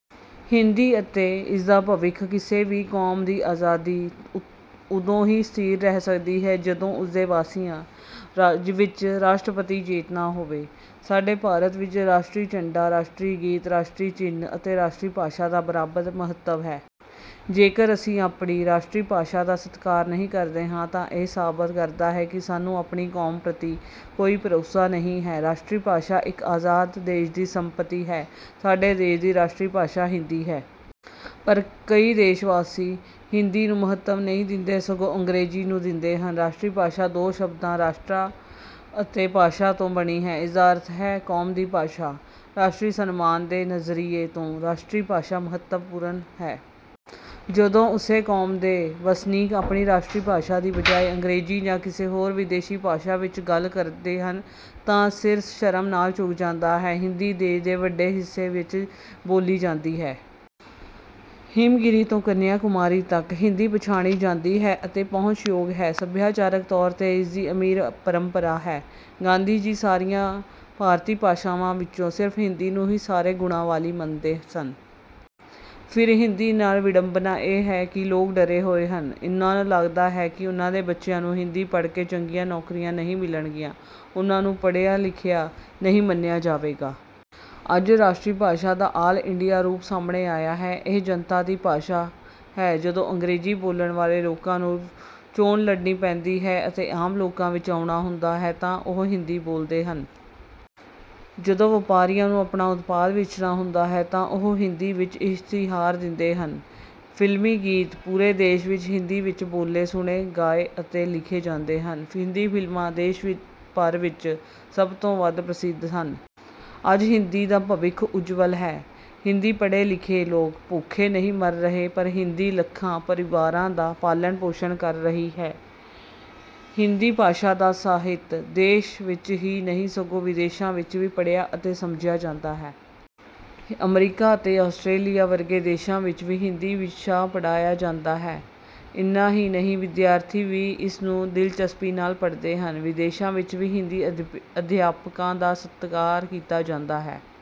ਹਿੰਦੀ ਅਤੇ ਇਸ ਦਾ ਭਵਿੱਖ ਕਿਸੇ ਵੀ ਕੌਮ ਦੀ ਆਜ਼ਾਦੀ ਉਦੋਂ ਹੀ ਸਥਿਰ ਰਹਿ ਸਕਦੀ ਹੈ ਜਦੋਂ ਉਸ ਦੇ ਵਾਸੀਆਂ ਵਿੱਚ ਰਾਸ਼ਟਰੀ ਚੇਤਨਾ ਹੋਵੇ। ਸਾਡੇ ਭਾਰਤ ਵਿੱਚ ਰਾਸ਼ਟਰੀ ਝੰਡਾ, ਰਾਸ਼ਟਰੀ ਗੀਤ, ਰਾਸ਼ਟਰੀ ਚਿੰਨ੍ਹ ਅਤੇ ਰਾਸ਼ਟਰੀ ਭਾਸ਼ਾ ਦਾ ਬਰਾਬਰ ਮਹੱਤਵ ਹੈ। ਜੇਕਰ ਅਸੀਂ ਆਪਣੀ ਰਾਸ਼ਟਰੀ ਭਾਸ਼ਾ ਦਾ ਸਤਿਕਾਰ ਨਹੀਂ ਕਰਦੇ ਤਾਂ ਇਹ ਸਾਬਤ ਕਰਦਾ ਹੈ ਕਿ ਸਾਨੂੰ ਆਪਣੀ ਕੌਮ ਪ੍ਰਤੀ ਕੋਈ ਭਰੋਸਾ ਨਹੀਂ ਹੈ। ਰਾਸ਼ਟਰੀ ਭਾਸ਼ਾ ਇੱਕ ਆਜ਼ਾਦ ਦੇਸ਼ ਦੀ ਸੰਪਤੀ ਹੈ। ਸਾਡੇ ਦੇਸ਼ ਦੀ ਰਾਸ਼ਟਰੀ ਭਾਸ਼ਾ ਹਿੰਦੀ ਹੈ। ਪਰ ਕਈ ਦੇਸ਼ ਵਾਸੀ ਹਿੰਦੀ ਨੂੰ ਮਹੱਤਵ ਨਹੀਂ ਦਿੰਦੇ ਸਗੋਂ ਅੰਗਰੇਜ਼ੀ ਨੂੰ ਦਿੰਦੇ ਹਨ। ਰਾਸ਼ਟਰੀ ਭਾਸ਼ਾ ਦੋ ਸ਼ਬਦਾਂ, ਰਾਸ਼ਟਰ ਅਤੇ ਭਾਸ਼ਾ ਤੋਂ ਬਣੀ ਹੈ। ਇਸ ਦਾ ਅਰਥ ਹੈ ਕੌਮ ਦੀ ਭਾਸ਼ਾ। ਰਾਸ਼ਟਰੀ ਸਨਮਾਨ ਦੇ ਨਜ਼ਰੀਏ ਤੋਂ ਰਾਸ਼ਟਰੀ ਭਾਸ਼ਾ ਮਹੱਤਵਪੂਰਨ ਹੈ। ਜਦੋਂ ਉਸੇ ਕੌਮ ਦੇ ਵਸਨੀਕ ਆਪਣੀ ਰਾਸ਼ਟਰੀ ਭਾਸ਼ਾ ਦੀ ਬਜਾਏ ਅੰਗਰੇਜ਼ੀ ਜਾਂ ਕਿਸੇ ਹੋਰ ਵਿਦੇਸ਼ੀ ਭਾਸ਼ਾ ਵਿੱਚ ਗੱਲ ਕਰਦੇ ਹਨ ਤਾਂ ਸਿਰ ਸ਼ਰਮ ਨਾਲ ਝੁਕ ਜਾਂਦਾ ਹੈ। ਹਿੰਦੀ ਦੇਸ਼ ਦੇ ਵੱਡੇ ਹਿੱਸੇ ਵਿੱਚ ਬੋਲੀ ਜਾਂਦੀ ਹੈ। ਹਿਮਗਿਰੀ ਤੋਂ ਕੰਨਿਆਕੁਮਾਰੀ ਤੱਕ ਹਿੰਦੀ ਪਛਾਣੀ ਜਾਂਦੀ ਹੈ ਅਤੇ ਪਹੁੰਚਯੋਗ ਹੈ। ਸੱਭਿਆਚਾਰਕ ਤੌਰ 'ਤੇ ਇਸਦੀ ਅਮੀਰ ਪਰੰਪਰਾ ਹੈ। ਗਾਂਧੀ ਜੀ ਸਾਰੀਆਂ ਭਾਰਤੀ ਭਾਸ਼ਾਵਾਂ ਵਿੱਚੋਂ ਸਿਰਫ਼ ਹਿੰਦੀ ਨੂੰ ਹੀ ਸਾਰੇ ਗੁਣਾਂ ਵਾਲੀ ਮੰਨਦੇ ਸਨ। ਫਿਰ ਹਿੰਦੀ ਨਾਲ ਵਿਡੰਬਨਾ ਇਹ ਹੈ ਕਿ ਲੋਕ ਡਰੇ ਹੋਏ ਹਨ। ਉਨ੍ਹਾਂ ਨੂੰ ਲੱਗਦਾ ਹੈ ਕਿ ਉਨ੍ਹਾਂ ਦੇ ਬੱਚਿਆਂ ਨੂੰ ਹਿੰਦੀ ਪੜ੍ਹ ਕੇ ਚੰਗੀਆਂ ਨੌਕਰੀਆਂ ਨਹੀਂ ਮਿਲਣਗੀਆਂ। ਉਨ੍ਹਾਂ ਨੂੰ ਪੜ੍ਹਿਆ ਲਿਖਿਆ ਨਹੀਂ ਮੰਨਿਆ ਜਾਵੇਗਾ। ਅੱਜ ਰਾਸ਼ਟਰੀ ਭਾਸ਼ਾ ਦਾ ਆਲ ਇੰਡੀਆ ਰੂਪ ਸਾਹਮਣੇ ਆਇਆ ਹੈ, ਇਹ ਜਨਤਾ ਦੀ ਭਾਸ਼ਾ ਹੈ। ਜਦੋਂ ਅੰਗਰੇਜ਼ੀ ਬੋਲਣ ਵਾਲੇ ਲੋਕਾਂ ਨੂੰ ਚੋਣ ਲੜਨੀ ਪੈਂਦੀ ਹੈ ਅਤੇ ਆਮ ਲੋਕਾਂ ਵਿੱਚ ਆਉਣਾ ਹੁੰਦਾ ਹੈ ਤਾਂ ਉਹ ਹਿੰਦੀ ਬੋਲਦੇ ਹਨ। ਜਦੋਂ ਵਪਾਰੀਆਂ ਨੂੰ ਆਪਣਾ ਉਤਪਾਦ ਵੇਚਣਾ ਹੁੰਦਾ ਹੈ ਤਾਂ ਉਹ ਹਿੰਦੀ ਵਿੱਚ ਇਸ਼ਤਿਹਾਰ ਦਿੰਦੇ ਹਨ। ਫਿਲਮੀ ਗੀਤ ਪੂਰੇ ਦੇਸ਼ ਵਿੱਚ ਹਿੰਦੀ ਵਿੱਚ ਬੋਲੇ, ਸੁਣੇ, ਗਾਏ ਅਤੇ ਲਿਖੇ ਜਾਂਦੇ ਹਨ। ਹਿੰਦੀ ਫਿਲਮਾਂ ਦੇਸ਼ ਭਰ ਵਿੱਚ ਸਭ ਤੋਂ ਵੱਧ ਪ੍ਰਸਿੱਧ ਹਨ। ਅੱਜ ਹਿੰਦੀ ਦਾ ਭਵਿੱਖ ਉੱਜਵਲ ਹੈ। ਹਿੰਦੀ ਪੜ੍ਹੇ-ਲਿਖੇ ਲੋਕ ਭੁੱਖੇ ਨਹੀਂ ਮਰ ਰਹੇ ਪਰ ਹਿੰਦੀ ਲੱਖਾਂ ਪਰਿਵਾਰਾਂ ਦਾ ਪਾਲਣ ਪੋਸ਼ਣ ਕਰ ਰਹੀ ਹੈ। ਹਿੰਦੀ ਭਾਸ਼ਾ ਦਾ ਸਾਹਿਤ ਦੇਸ਼ ਵਿੱਚ ਹੀ ਨਹੀਂ ਸਗੋਂ ਵਿਦੇਸ਼ਾਂ ਵਿੱਚ ਵੀ ਪੜ੍ਹਿਆ ਅਤੇ ਸਮਝਿਆ ਜਾਂਦਾ ਹੈ। ਅਮਰੀਕਾ ਅਤੇ ਆਸਟ੍ਰੇਲੀਆ ਵਰਗੇ ਦੇਸ਼ਾਂ ਵਿੱਚ ਵੀ ਹਿੰਦੀ ਵਿਸ਼ਾ ਪੜ੍ਹਾਇਆ ਜਾਂਦਾ ਹੈ। ਇੰਨਾ ਹੀ ਨਹੀਂ ਵਿਦਿਆਰਥੀ ਵੀ ਇਸ ਨੂੰ ਦਿਲਚਸਪੀ ਨਾਲ ਪੜ੍ਹਦੇ ਹਨ। ਵਿਦੇਸ਼ਾਂ ਵਿੱਚ ਵੀ ਹਿੰਦੀ ਅਧਿਆਪਕਾਂ ਦਾ ਸਤਿਕਾਰ ਕੀਤਾ ਜਾਂਦਾ ਹੈ।